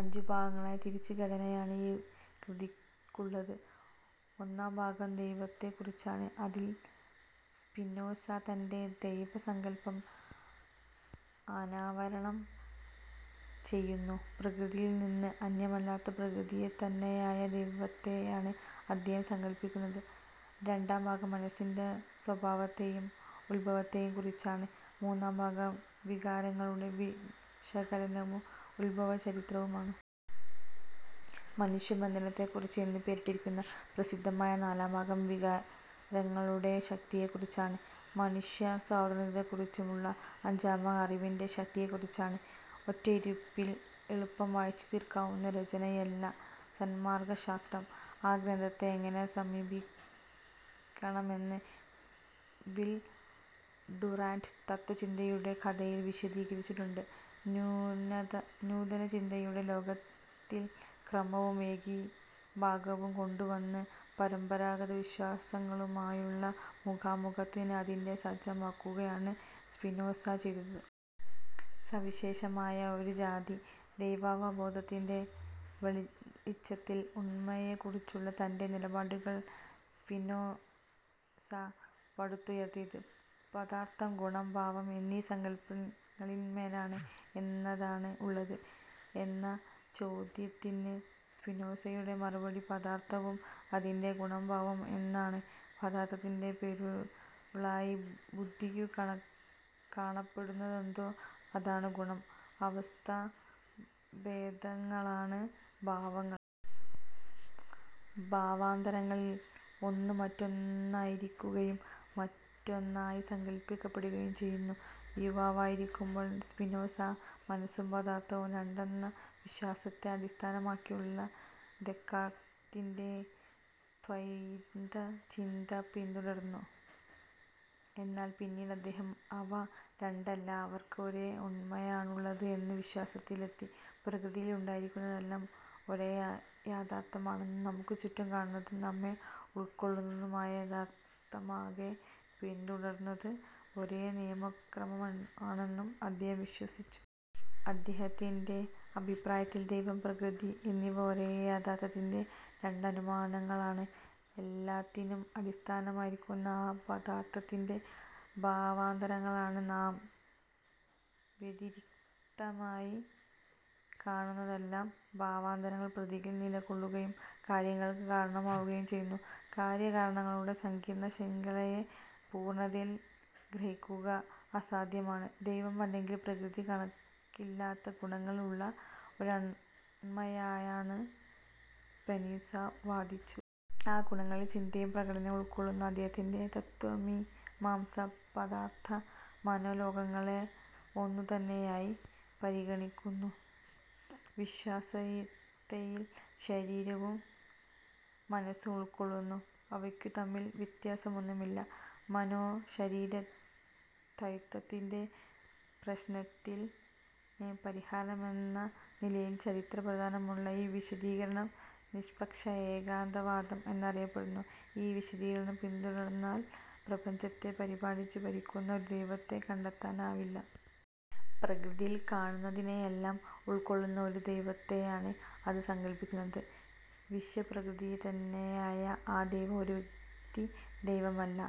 അഞ്ചു ഭാഗങ്ങളായി തിരിച്ച ഘടനയാണ് ഈ കൃതിക്കുള്ളത്. ഒന്നാം ഭാഗം ദൈവത്തെക്കുറിച്ചാണ്. അതിൽ സ്പിനോസ തന്റെ ദൈവസങ്കല്പം അനാവരണം ചെയ്യുന്നു. പ്രകൃതിയിൽ നിന്ന് അന്യമല്ലാത്ത, പ്രകൃതിതന്നെയായ ദൈവത്തെയാണ് അദ്ദേഹം സങ്കല്പിക്കുന്നത്. രണ്ടാം ഭാഗം മനസ്സിന്റെ സ്വഭാവത്തെയും ഉത്ഭവത്തേയും കുറിച്ചാണ്. മൂന്നാം ഭാഗം, വികാരങ്ങളുടെ വിശകലനവും ഉത്ഭവചരിത്രവുമാണ്. മനുഷ്യബന്ധനത്തെക്കുറിച്ച് എന്ന് പേരിട്ടിരിക്കുന്ന പ്രസിദ്ധമായ നാലാം ഭാഗം, വികാരങ്ങളുടെ ശക്തിയെക്കുറിച്ചാണ്. മനുഷ്യസ്വാതന്ത്ര്യത്തെക്കുറിച്ചുള്ള അഞ്ചാംഭാഗം അറിവിന്റെ ശക്തിയെക്കുറിച്ചാണ്. ഒറ്റയിരുപ്പിൽ എളുപ്പം വായിച്ചുതീർക്കാവുന്ന രചനയല്ല സന്മാർഗശാസ്ത്രം. ആ ഗ്രന്ഥത്തെ എങ്ങനെ സമീപിക്കണമെന്ന് വിൽ ഡുറാന്റ് "തത്ത്വചിന്തയുടെ കഥ"-യിൽ വിശദീകരിച്ചിട്ടുണ്ട്:- നൂതനചിന്തയുടെ ലോകത്തിൽ ക്രമവും ഏകീഭാവവും കൊണ്ടുവന്ന്, പരമ്പരാഗതവിശ്വാസങ്ങളുമായുള്ള മുഖാമുഖത്തിന് അതിനെ സജ്ജമാക്കുകയാണ് സ്പിനോസ ചെയ്തത്. സവിശേഷമായ ഒരുജാതി ദൈവാവബോധത്തിന്റെ വെളിച്ചത്തിൽ ഉണ്മയെക്കുറിച്ചുള്ള തന്റെ നിലപാടുകൾ സ്പിനോസ പടുത്തുയർത്തിയത്, പദാർഥം, ഗുണം, ഭാവം എന്നീ സങ്കല്പങ്ങളിന്മേലാണ്. "എന്താണ് ഉള്ളത്? " എന്ന ചോദ്യത്തിന് സ്പിനോസയുടെ മറുപടി, "പദാർഥവും, അതിന്റെ ഗുണ-ഭാവങ്ങളും" എന്നാണ്. പദാർഥത്തിന്റെ പൊരുളായി ബുദ്ധിക്കു കാണപ്പെടുന്നതെന്തോ, അതാണ് ഗുണം. അവസ്ഥാഭേദങ്ങളാണ് ഭാവങ്ങൾ. ഭാവാന്തരങ്ങളിൽ ഒന്ന് മറ്റൊന്നായിരിക്കുകയും മറ്റൊന്നായി സങ്കല്പിക്കപ്പെടുകയും ചെയ്യുന്നു. യുവാവായിരിക്കുമ്പോൾ സ്പിനോസ, മനസ്സും പദാർഥവും രണ്ടാണെന്ന വിശ്വാസത്തെ അടിസ്ഥാനമാക്കിയുള്ള ദെക്കാർത്തിന്റെ ദ്വൈതചിന്ത പിന്തുടർന്നിരുന്നു. എന്നാൽ പിന്നീടദ്ദേഹം, അവ രണ്ടല്ല അവക്ക് ഒരേ ഉണ്മയാണുള്ളത് എന്ന വിശ്വാസത്തിലെത്തി. പ്രകൃതിയിൽ ഉണ്ടായിരിക്കുന്നതെല്ലാം ഒരേ യാഥാർഥ്യം ആണെന്നും നമുക്കും ചുറ്റും കാണുന്നതും നമ്മെ ഉൾക്കൊള്ളുന്നതുമായ യാഥാർഥ്യമാകെ പിന്തുടരുന്നത് ഒരേനിയമക്രമമാണെന്നും അദ്ദേഹം വിശ്വസിച്ചു. അദ്ദേഹത്തിന്റെ അഭിപ്രായത്തിൽ ദൈവം, പ്രകൃതി എന്നിവ ഒരേ യാഥാർഥ്യത്തിന്റെ രണ്ടുനാമങ്ങളാണ്. എല്ലാത്തിനും അടിസ്ഥാനമായിരിക്കുന്ന ആ പദാർഥത്തിന്റെ ഭാവാന്തരങ്ങളാണ് നാം വ്യതിരിക്തമായി കാണുന്നതെല്ലാം. ഭാവാന്തരങ്ങൾ പ്രകൃതിയിൽ നിലകൊള്ളുകയും കാര്യങ്ങൾക്ക് കാരണമാവുകയും ചെയ്യുന്നു. കാര്യ-കാരണങ്ങളുടെ സങ്കീർണ്ണശൃഖലയെ പൂർണ്ണതയിൽ ഗ്രഹിക്കുക അസാധ്യമാണ്. ദൈവം അല്ലെങ്കിൽ പ്രകൃതി, കണക്കില്ലാത്ത ഗുണങ്ങൾ ഉള്ള ഒരുണ്മയാണെന്ന് സ്പിനോസ വാദിച്ചു. ആ ഗുണങ്ങളിൽ ചിന്തയും പ്രകടനവും ഉൾപ്പെടുന്നു. അദ്ദേഹത്തിന്റെ തത്ത്വമീമാംസ പദാർഥ-മനോലോകങ്ങളെ ഒന്നുതന്നെയായി പരിഗണിക്കുന്നു. വിശ്വസത്തയിൽ ശരീരവും മനസ്സും ഉൾക്കൊള്ളുന്നു. അവയ്ക്കുതമ്മിൽ വ്യത്യാസമൊന്നുമില്ല. മനോ-ശരീരദ്വൈതത്തിന്റെ പ്രശ്നത്തിന് പരിഹാരമെന്ന നിലയിൽ ചരിത്രപ്രാധാന്യമുള്ള ഈ വിശദീകരണം നിഷ്പക്ഷ-ഏകതാവാദം എന്നറിയപ്പെടുന്നു. ഈ വിശദീകരണം പിന്തുടർന്നാൽ പ്രപഞ്ചത്തെ പരിപാലിച്ചു ഭരിക്കുന്ന ഒരു ദൈവത്തെ കണ്ടെത്താനാവില്ല. പ്രകൃതിയിൽ കാണുന്നതിനെയെല്ലാം ഉൾക്കൊള്ളുന്ന, ഒരു ദൈവത്തെയാണ് അത് സങ്കല്പിക്കുന്നത്. വിശ്വപ്രകൃതിതന്നെയായ ആ ദൈവം ഒരു വ്യക്തിദൈവമല്ല.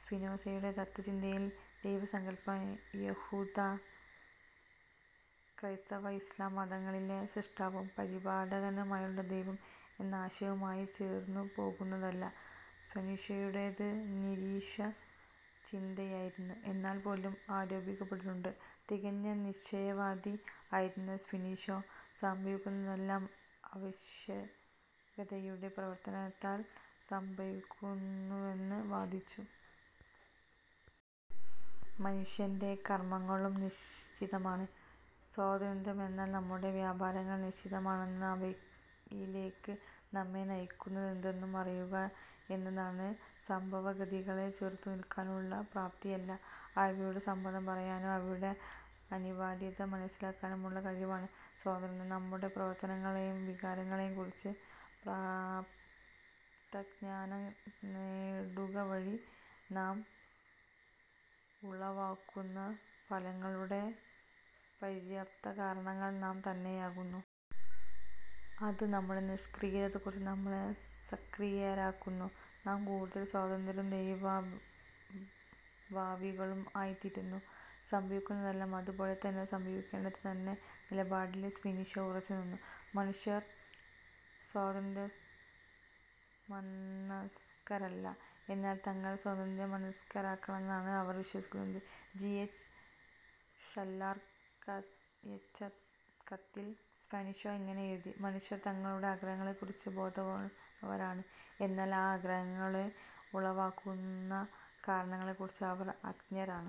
സ്പിനോസയുടെ തത്ത്വചിന്തയിലെ ദൈവസങ്കല്പം യഹൂദ-ക്രൈസ്തവ-ഇസ്ലാം മതങ്ങളിലെ സ്രഷ്ടാവും പരിപാലകനുമായുള്ള ദൈവം എന്ന ആശയവുമായി ചേർന്നുപോകുന്നതല്ല. സ്പിനോസയുടേത് നിരീശ്വരചിന്തയായിരുന്നു എന്നുപോലും ആരോപിക്കപ്പെട്ടിട്ടുണ്ട്. തികഞ്ഞ നിശ്ചയവാദി ആയിരുന്ന സ്പിനോസ, സംഭവിക്കുന്നതെല്ലാം ആവശ്യകതയുടെ പ്രവർത്തനത്താൽ സംഭവിക്കുന്നുവെന്ന് വാദിച്ചു. മനുഷ്യന്റെ കർമ്മങ്ങളും നിശ്ചിതമാണ്. സ്വാതന്ത്ര്യമെന്നാൽ, നമ്മുടെ വ്യാപാരങ്ങൾ നിശ്ചിതമാണെന്നും, അവയിലെക്ക് നമ്മെ നയിക്കുന്നതെന്തെന്നും അറിയുക എന്നാണ്. സംഭവഗതികളെ ചെറുത്തുനിൽക്കാനുള്ള പ്രാപ്തിയല്ല, അവയോട് സമ്മതം പറയാനും അവയുടെ അനിവാര്യത മനസ്സിലാക്കാനുമുള്ള കഴിവാണ് സ്വാതന്ത്ര്യം. നമ്മുടെ പ്രവർത്തികളെയും വികാരങ്ങളേയും കുറിച്ച് പര്യാപ്തജ്ഞാനം നേടുകവഴി നാം ഉളവാക്കുന്ന ഫലങ്ങളുടെ പര്യാപ്തകാരണങ്ങൾ നാം തന്നെയാകുന്നു. അത് നമ്മുടെ നിഷ്ക്രിയത കുറച്ച് നമ്മെ സക്രിയരാക്കുന്നു. നാം കൂടുതൽ സ്വതന്ത്രരും ദൈവഭാവികളും ആയിത്തീരുന്നു. സംഭവിക്കുന്നതെല്ലാം അത് പോലെ തന്നെ സംഭവിക്കേണ്ടതാണെന്ന നിലപാടിൽ സ്പിനോസ ഉറച്ചുനിന്നു. മനുഷ്യർ സ്വതന്ത്രമനസ്കരല്ല. എന്നാൽ തങ്ങൾ സ്വതന്ത്രമനസ്കരാണെന്നാണ് അവർ വിശ്വസിക്കുന്നത്. ജി. എച്ച് ഷാല്ലർക്കയച്ച കത്തിൽ, സ്പിനോസ ഇങ്ങനെ എഴുതി: "മനുഷ്യർ തങ്ങളുടെ ആഗ്രഹങ്ങളെക്കുറിച്ച് ബോധമുള്ളവരാണ്; എന്നാൽ ആ ആഗ്രഹങ്ങളെ ഉളവാക്കുന്ന കാരണങ്ങളെക്കുറിച്ച് അവർ അജ്ഞരാണ്.